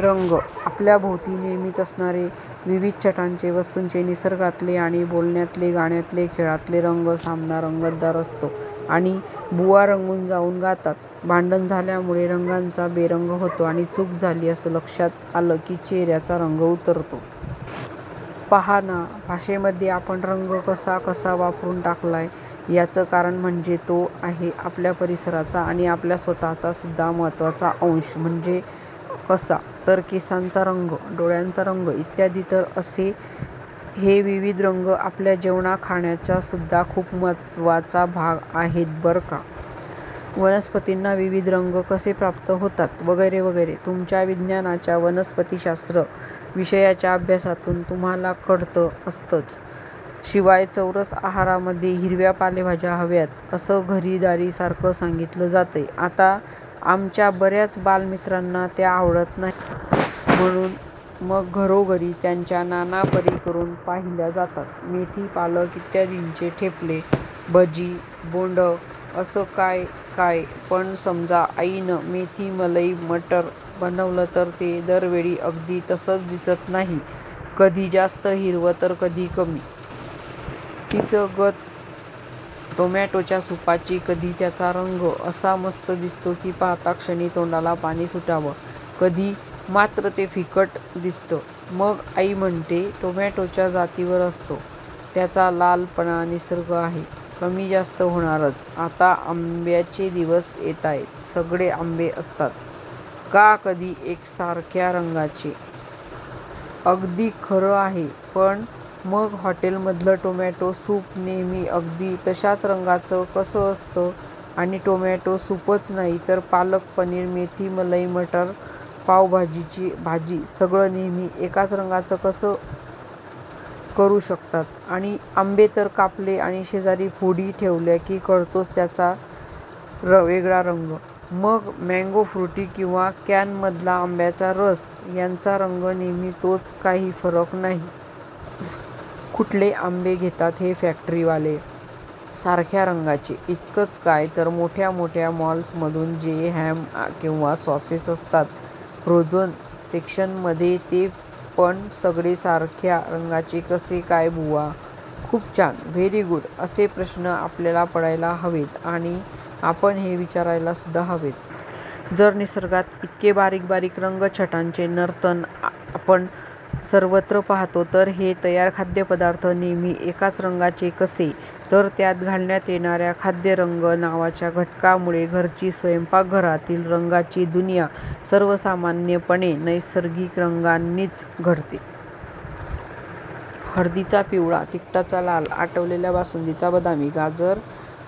रंग! आपल्या भोवती नेहमीच असणारे. विविध छटांचे, वस्तूंचे, निसर्गातले आणि बोलण्यातले-गाण्यातले-खेळातले रंग! सामना रंगतदार असतो आणि बुवा रंगून जाऊन गातात. भांडण झाल्यामुळे रंगांचा बेरंग होतो आणि 'चूक झाली' असं लक्षात आलं की चेहऱ्याचा रंग उतरतो. पाहा ना! भाषेमध्ये आपण रंग कसा कसा वापरून टाकलाय. याचं कारण म्हणजे तो आहे आपल्या परिसराचा आणि आपल्या स्वतःचा सुद्धा महत्त्वाचा अंश! म्हणजे कसा, तर केसांचा रंग, डोळ्यांचा रंग इत्यादी. तर असे हे विविध रंग आपल्या जेवणा-खाण्याचासुद्धा खूप महत्त्वाचा भाग आहेत बरं का! वनस्पतींना विविध रंग कसे प्राप्त होतात वगैरे वगैरे तुमच्या विज्ञानाच्या, वनस्पतीशास्त्र विषयाच्या अभ्यासातून तुम्हांला कळत असतंच. शिवाय चौरस आहारामध्ये 'हिरव्या पालेभाज्या' हव्यात असं घरी-दारी सारखं सांगितलं जातंच. आता आमच्या बऱ्याच बालमित्रांना त्या आवडत नाहीत. म्हणून मग घरोघरी त्यांच्या नाना परी करून पाहिल्या जातात. मेथी-पालक इत्यादींचे ठेपले, भजी, बोंडं असं काय काय! पण समजा आईनं मेथी-मलई-मटर बनवलं तर ते दरवेळी अगदी तस्सच दिसत नाही. कधी जास्त हिरवं तर कधी कमी. तीच गत टोमॅटोच्या सुपाची. कधी त्याचा रंग असा मस्त दिसतो की पाहताक्षणी तोंडाला पाणी सुटावं. कधी मात्र ते फिकट दिसतं, मग आई म्हणते, 'टोमॅटोच्या जातीवर असतो त्याचा लालपणा. निसर्ग आहे, कमी-जास्त होणारच!' आता आंब्याचे दिवस येताहेत, सगळे आंबे असतात का कधी एकसारख्या रंगाचे? अगदी खरं आहे. पण मग हॉटेलमधलं टोमॅटो सूप नेहमी अगदी तशाच रंगाचं कसं असतं? आणि टोमॅटो सूपच नाही, तर पालक-पनीर, मेथी-मलई-मटर, पावभाजीची भाजी सगळं नेहमी एकाच रंगाचं कसं करू शकतात? आणि आंबे तर कापले आणि शेजारी फोडी ठेवल्या की कळतोच त्यांचा वेगळा रंग, मग मँगो फ्रुटी किंवा कॅनमधला आंब्याचा रस ह्यांचा रंग नेहमी तोच, काही फरक नाही. कुठले आंबे घेतात हे फॅक्टरीवाले, सारख्या रंगाचे? इतकंच काय, तर मोठ्या मोठ्या मॉल्समधून जे हॅम किंवा सॉसेस असतात, फ्रोजन सेक्शनमध्ये ते पण सगळे सारख्या रंगाचे कसे काय बुवा? खूप छान, व्हेरी गुड! असे प्रश्न आपल्याला पडायला हवेत आणि आपण ते विचारायलासुद्धा हवेत. जर निसर्गात इतके बारीक बारीक रंगछटांचे नर्तन आपण सर्वत्र पाहतो तर हे तयार खाद्यपदार्थ नेहमी एकाच रंगाचे कसे, तर त्यात घालण्यात येणाऱ्या खाद्यरंग नावाच्या घटकामुळे. घरची, स्वयंपाकघरातील रंगाची दुनिया सर्वसामान्यपणे नैसर्गिक रंगांनीच घडते. हळदीचा पिवळा, तिखटाचा लाल, आटवलेल्या बासुंदीचा बदामी, गाजर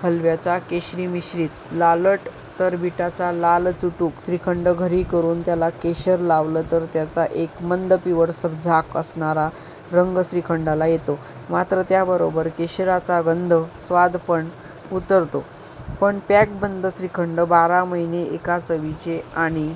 हलव्याचा केशरीमिश्रित लालट तर बीटाचा लालचुटुक. श्रीखंड घरी करून त्याला केशर लावलं तर त्याचा एक मंद पिवळसर झाक असणारा रंग श्रीखंडाला येतो. मात्र त्याबरोबर केशराचा गंध, स्वादपण उतरतो. पण पॅकबंद श्रीखंड बारा महिने एका चवीचे आणि